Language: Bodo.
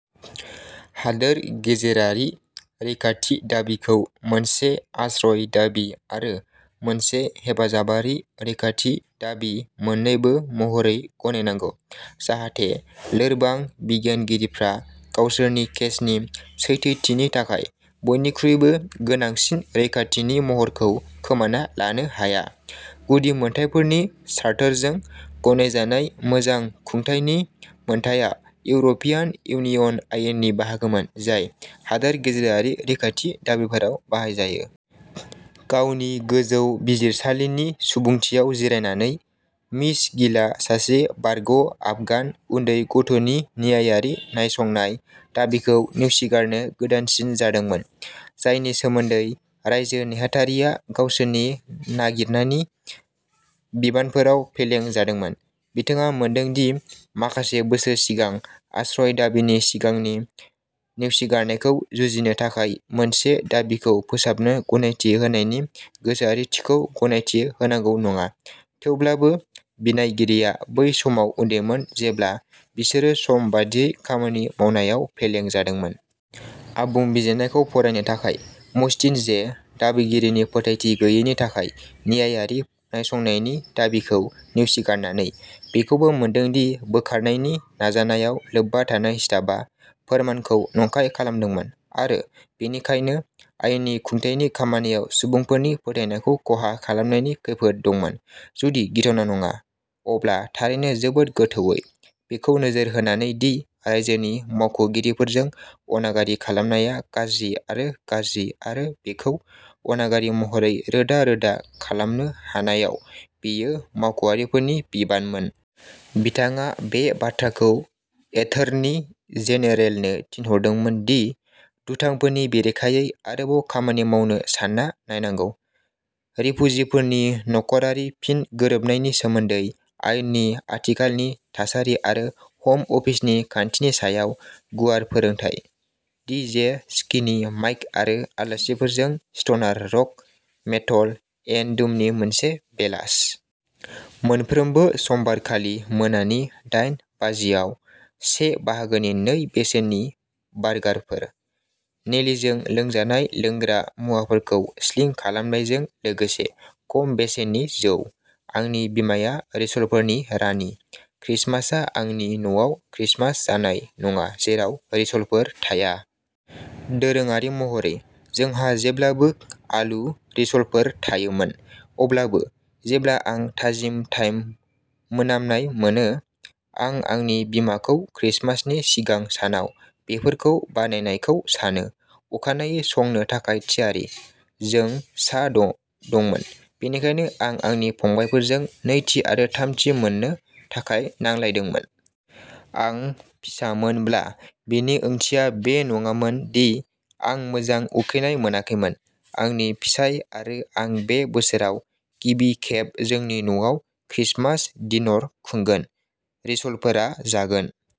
हादोर गेजेरारि रैखाथि दाबिखौ मोनसे आश्रय दाबि आरो मोनसे हेफाजाबारि रैखाथि दाबि मोन्नैबो महरै गनायनांगौ जाहाथे लोरबां बिनायगिरिफ्रा गावसोरनि केसनि सैथोथिनि थाखाय बयनिख्रुइबो गोनांसिन रैखाथिनि महरखौ खोमाना लानो हाया। गुदि मोनथायफोरनि चार्टरजों गनायजानाय मोजां खुंथायनि मोन्थाइआ इउर' पियान इउनियन आयेननि बाहागोमोन जाय हादोर गेजेरारि रैखाथि दाबिफोराव बाहायजायो। गावनि गोजौ बिजिरसालिनि सुबुंथियाव जिरायनानै, मिस गिलआ सासे बारग' आफगान उन्दै गथ'नि न्यायारि नायसंनाय दाबिखौ नेवसिगारनो गोदानसिन जादोंमोन, जायनि सोमोन्दै रायजो नेहाथारिया गावसोरनि नागिरनायनि बिबानफोराव फेलें जादोंमोन। बिथाङा मोनदों दि माखासे बोसोर सिगां आश्रय दाबिनि सिगांनि नेवसिगारनायखौ जुजिनो थाखाय मोनसे दाबिखौ फोसाबनो गनायथि होनायनि गोसोआरिथिखौ गनायथि होनांगौ नङा, थेवब्लाबो बिनायगिरिया बै समाव उन्दैमोन जेब्ला बिसोरो सम बादियै खामानि मावनायाव फेलें जादोंमोन। आबुं बिजिरनायखौ फरायनो थाखाय, मस्टिन जे, दाबिगिरिनि फोथायथि गैयैनि थाखाय न्यायारि नायसंनायनि दाबिखौ नेवसिगारनानै, बेखौबो मोनदों दि बोखारनायनि नाजानायाव लोब्बा थानाय स्टाफआ फोरमानखौ नंखाय खालामदोंमोन आरो बेनिखायनो आयेननि खुंथायनि खामानियाव सुबुंफोरनि फोथायनायखौ खहा खालामनायनि खैफोद दंमोन, जुदि गिथावना नङा, अब्ला थारैनो जोबोद गोथौवै, बेखौ नोजोर होनानै दि रायजोनि मावख' गिरिफोरजों अनागारि खालामनाया गाज्रि आरो गाज्रि आरो बेखौ अनागारि महरै रोदा-रोदा खालामनो हानायाव बेयो मावख'आरिफोरनि बिबानमोन। बिथाङा बे बाथ्राखौ एटर्नी जेनेरेलनो थिनहरदोंमोन दि दुथांफोरनि बेरेखायै आरोबाव खामानि मावनो सानना नायनांगौ। रिफुजिफोरनि नखरारि फिन गोरोबनायनि सोमोन्दै आयेननि आथिखालनि थासारि आरो हम अफिसनि खान्थिनि सायाव गुवार फोरोंथाय। डि जे स्किनि माइक आरो आलासिफोरजों स्ट'नार रक, मेटल, एन्ड डुमनि मोनसे बेलास। मोनफ्रोमबो समबार खालि मोनानि दायेन बाजि आव से बाहागोनि नै बेसेननि बार्गारफोर। नेलिजों लोंजानाय लोंग्रा मुवाफोरखौ स्लिं खालामनायजों लोगोसे खम बेसेननि जौ। आंनि बिमाया रिस'लफोरनि रानि। क्रिसमासआ आंनि न'आव क्रिसमास जानाय नङा जेराव रिस'लफोर थाया। दोरोङारि महरै, जोंहा जेब्लाबो आलु रिस'लफोर थायोमोन। अब्लाबो, जेब्ला आं थाजिम थाइम मोनामनाय मोनो, आं आंनि बिमाखौ क्रिसमासनि सिगां सानाव बेफोरखौ बानायनायखौ सानो, अखानायै संनो थाखाय थियारि। जों सा द' दंमोन, बेनिखायनो आं आंनि फंबायफोरजों नैथि आरो थामथि मोननो थाखाय नांलायदोंमोन। आं फिसामोनब्ला बेनि ओंथिया बे नङामोन दि आं मोजां उखैनाय मोनाखैमोन आंनि फिसाय आरो आं बे बोसोराव गिबि खेब जोंनि न'आव क्रिसमास डिनर खुंगोन, रिस'लफोरा जागोन।